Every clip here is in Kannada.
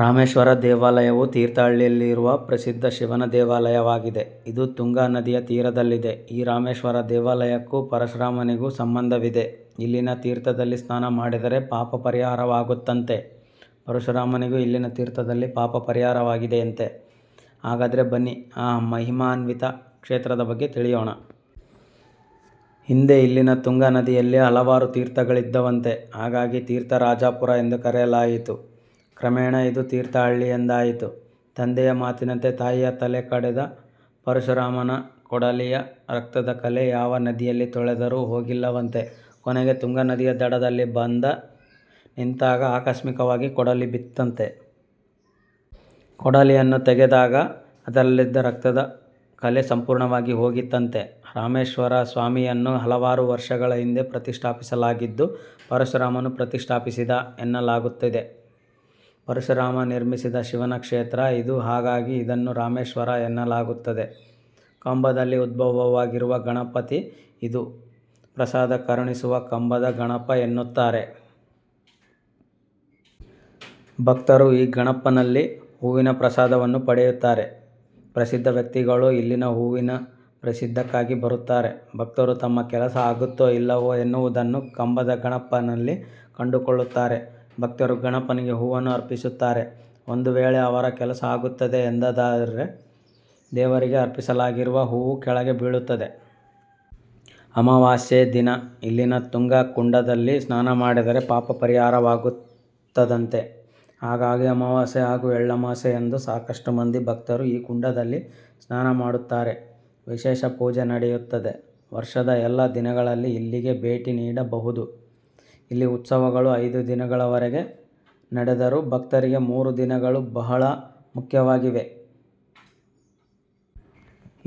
ರಾಮೇಶ್ವರ ದೇವಾಲಯವು ತೀರ್ಥಹಳ್ಳಿಯಲ್ಲಿರುವ ಪ್ರಸಿದ್ಧ ಶಿವನ ದೇವಾಲಯವಾಗಿದೆ. ಇದು ತುಂಗಾ ನದಿಯ ತೀರದಲ್ಲಿದೆ. ಈ ರಾಮೇಶ್ವರ ದೇವಾಲಯಕ್ಕೂ ಪರಶುರಾಮನಿಗೂ ಸಂಬಂಧವಿದೆ. ಇಲ್ಲಿನ ತೀರ್ಥದಲ್ಲಿ ಸ್ನಾನ ಮಾಡಿದ್ರೆ ಪಾಪ ಪರಿಹಾರವಾಗುತ್ತಂತೆ. ಪರಶುರಾಮನಿಗೂ ಇಲ್ಲಿನ ತೀರ್ಥದಲ್ಲಿ ಪಾಪ ಪರಿಹಾರವಾಗಿದೆಯಂತೆ. ಹಾಗಾದ್ರೆ ಬನ್ನಿ ಆ ಮಹಿಮಾನಿತ್ವ ಕ್ಷೇತ್ರದ ಬಗ್ಗೆ ತಿಳಿಯೋಣ. ಹಿಂದೆ ಇಲ್ಲಿನ ತುಂಗಾ ನದಿಯಲ್ಲಿ ಹಲವಾರು ತೀರ್ಥಗಳಿದ್ದವಂತೆ ಹಾಗಾಗಿ ತೀರ್ಥ ರಾಜಪುರ ಎಂದು ಕರೆಯಲಾಯಿತು. ಕ್ರಮೇಣ ಇದು ತೀರ್ಥ ಹಳ್ಳಿಯೆಂದಾಯಿತು. ತಂದೆಯ ಮಾತಿನಂತೆ ತಾಯಿಯ ತಲೆ ಕಡೆದ ಪರಶುರಾಮನ ಕೊಡಲಿಯ ರಕ್ತದ ಕಲೆ ಯಾವ ನದಿಯಲ್ಲಿ ತೊಳೆದರೂ ಹೋಗಿಲ್ಲವಂತೆ ಕೊನೆಗೆ ತುಂಗಾ ನದಿಯ ದಡದಲ್ಲಿ ಬಂದ ನಿಂತಾಗ ಆಕಸ್ಮಿಕವಾಗಿ ಕೊಡಲಿ ಬಿತ್ತಂತೆ. ಕೊಡಲಿಯನ್ನು ತೆಗೆದಾಗ ಅದರಲ್ಲಿದ್ದ ರಕ್ತದ ಕಲೆ ಸಂಪೂರ್ಣವಾಗಿ ಹೋಗಿತ್ತಂತೆ. ರಾಮೇಶ್ವರ ಸ್ವಾಮಿಯನ್ನು ಹಲವಾರು ವರ್ಷಗಳ ಹಿಂದೆ ಪ್ರತಿಷ್ಠಾಪಿಸಲಾಗಿದ್ದು, ಪರಶುರಾಮನು ಪ್ರತಿಷ್ಠಾಪಿಸಿದ ಎನ್ನಲಾಗುತ್ತದೆ. ಪರಶುರಾಮ ನಿರ್ಮಿಸಿದ ಶಿವನ ಕ್ಷೇತ್ರ ಇದು ಹಾಗಾಗಿ ಇದನ್ನು ರಾಮೇಶ್ವರ ಎನ್ನಲಾಗುತ್ತದೆ. ಕಂಬದಲ್ಲಿ ಉದ್ಭವವಾಗಿರುವ ಗಣಪತಿ ಇದು. ಪ್ರಸಾದ ಕರುಣಿಸುವ ಕಂಬದ ಗಣಪ ಎನ್ನುತ್ತಾರೆ. ಭಕ್ತರು ಈ ಗಣಪನಲ್ಲಿ ಹೂವಿನ ಪ್ರಸಾದವನ್ನು ಪಡೆಯುತ್ತಾರೆ. ಪ್ರಸಿದ್ಧ ವ್ಯಕ್ತಿಗಳು ಇಲ್ಲಿ ಹೂವಿನ ಪ್ರಸಾದಕ್ಕಾಗಿ ಬರುತ್ತಾರೆ. ಭಕ್ತರು ತಮ್ಮ ಕೆಲಸ ಆಗುತ್ತೋ ಇಲ್ಲವೂ ಎನ್ನುವುದನ್ನು ಕಂಬದ ಗಣಪನಲ್ಲಿ ಕಂಡುಕೊಳ್ಳುತ್ತಾರೆ. ಭಕ್ತರು ಗಣಪನಿಗೆ ಹೂವನ್ನು ಅರ್ಪಿಸುತ್ತಾರೆ. ಒಂದು ವೇಳೆ ಅವರ ಕೆಲಸ ಆಗುತ್ತದೆ ಎಂದಾದರೆ ದೇವರಿಗೆ ಅರ್ಪಿಸಲಾಗಿರುವ ಹೂವು ಕೆಳಗೆ ಬೀಳುತ್ತದೆ. ಅಮವಾಸ್ಯೆ ದಿನ ಇಲ್ಲಿನ ತುಂಗಾ ಕುಂಡದಲ್ಲಿ ಸ್ನಾನ ಮಾಡಿದ್ರೆ ಪಾಪ ಪರಿಹಾರವಾಗುತ್ತದಂತೆ. ಹಾಗಾಗಿ ಅಮವಾಸ್ಯೆ ಹಾಗೂ ಎಳ್ಳಮವಾಸ್ಯೆಯಂದು ಸಾಕಷ್ಟು ಮಂದಿ ಭಕ್ತರು ಈ ಕುಂಡದಲ್ಲಿ ಸ್ನಾನ ಮಾಡುತ್ತಾರೆ. ವಿಶೇಷ ಪೂಜೆ ನಡೆಯುತ್ತದೆ. ವರ್ಷದ ಎಲ್ಲಾ ದಿನಗಳಲ್ಲಿ ಇಲ್ಲಿಗೆ ಭೇಟಿ ನೀಡಬಹುದು. ಇಲ್ಲಿ ಉತ್ಸವಗಳು ಐದು ದಿನಗಳವರೆಗೆ ನಡೆದರೂ ಭಕ್ತರಿಗೆ ಮೂರು ದಿನಗಳು ಬಹಳ ಮುಖ್ಯವಾಗಿವೆ.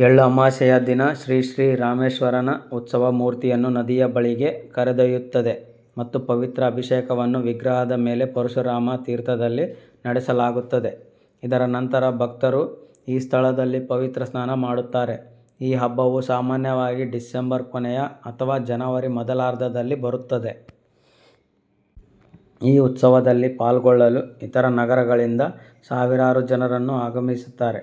ಎಳ್ಳು ಅಮಾವಾಸ್ಯೆಯ ದಿನ, ಶ್ರೀ ಶ್ರೀ ರಾಮೇಶ್ವರನ ಉತ್ಸವ ಮೂರ್ತಿಯನ್ನು ನದಿಯಬಳಿಗೆ ಕರೆದೊಯ್ಯುತ್ತದೆ ಮತ್ತು ಪವಿತ್ರ ಅಭಿಷೇಕವನ್ನು ವಿಗ್ರಹದ ಮೇಲೆ ಪರಶುರಾಮ ತೀರ್ಥದಲ್ಲಿ ನಡೆಸಲಾಗುತ್ತದೆ. ಇದರ ನಂತರ ಭಕ್ತರು ಈ ಸ್ಥಳದಲ್ಲಿ ಪವಿತ್ರ ಸ್ನಾನ ಮಾಡುತ್ತಾರೆ. ಈ ಹಬ್ಬವು ಸಾಮಾನ್ಯವಾಗಿ ಡಿಸೆಂಬರ್ ಕೊನೆಯ ಅಥವಾ ಜನವರಿ ಮೊದಲಾರ್ಧದಲ್ಲಿ ಬರುತ್ತದೆ. ಈ ಉತ್ಸವದಲ್ಲಿ ಪಾಲ್ಗೊಳ್ಳಲು ಇತರ ನಗರಗಳಿಂದ ಸಾವಿರಾರು ಜನರನ್ನು ಆಗಮಿಸುತ್ತಾರೆ.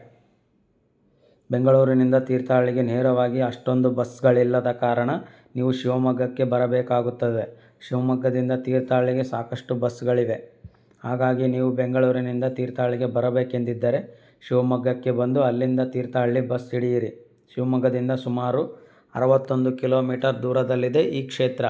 ಬೆಂಗಳೂರಿನಿಂದ ತೀರ್ಥಹಳ್ಳಿಗೆ ನೇರವಾಗಿ ಅಷ್ಟೊಂದು ಬಸ್ಗಳಿಲ್ಲದ ಕಾರಣ ನೀವು ಶಿವಮೊಗ್ಗಕ್ಕೆ ಬರಬೇಕಾಗುತ್ತದೆ. ಶಿವಮೊಗ್ಗದಿಂದ ತೀರ್ಥಹಳ್ಳಿಗೆ ಸಾಕಷ್ಟು ಬಸ್ಗಳಿವೆ. ಹಾಗಾಗಿ ನೀವು ಬೆಂಗಳೂರಿನಿಂದ ತೀರ್ಥಹಳ್ಳಿಗೆ ಬರಬೇಕೆಂದಿದ್ದರೆ ಶಿವಮೊಗ್ಗಕ್ಕೆ ಬಂದು ಅಲ್ಲಿಂದ ತೀರ್ಥಹಳ್ಳಿ ಬಸ್ ಹಿಡಿಯಿರಿ. ಶಿವಮೊಗ್ಗದಿಂದ ಸುಮಾರು ಅರವತ್ತೊಂದು ಕಿಲೊ ಮೀಟರ್ ದೂರದಲ್ಲಿದೆ ಈ ಕ್ಷೇತ್ರ.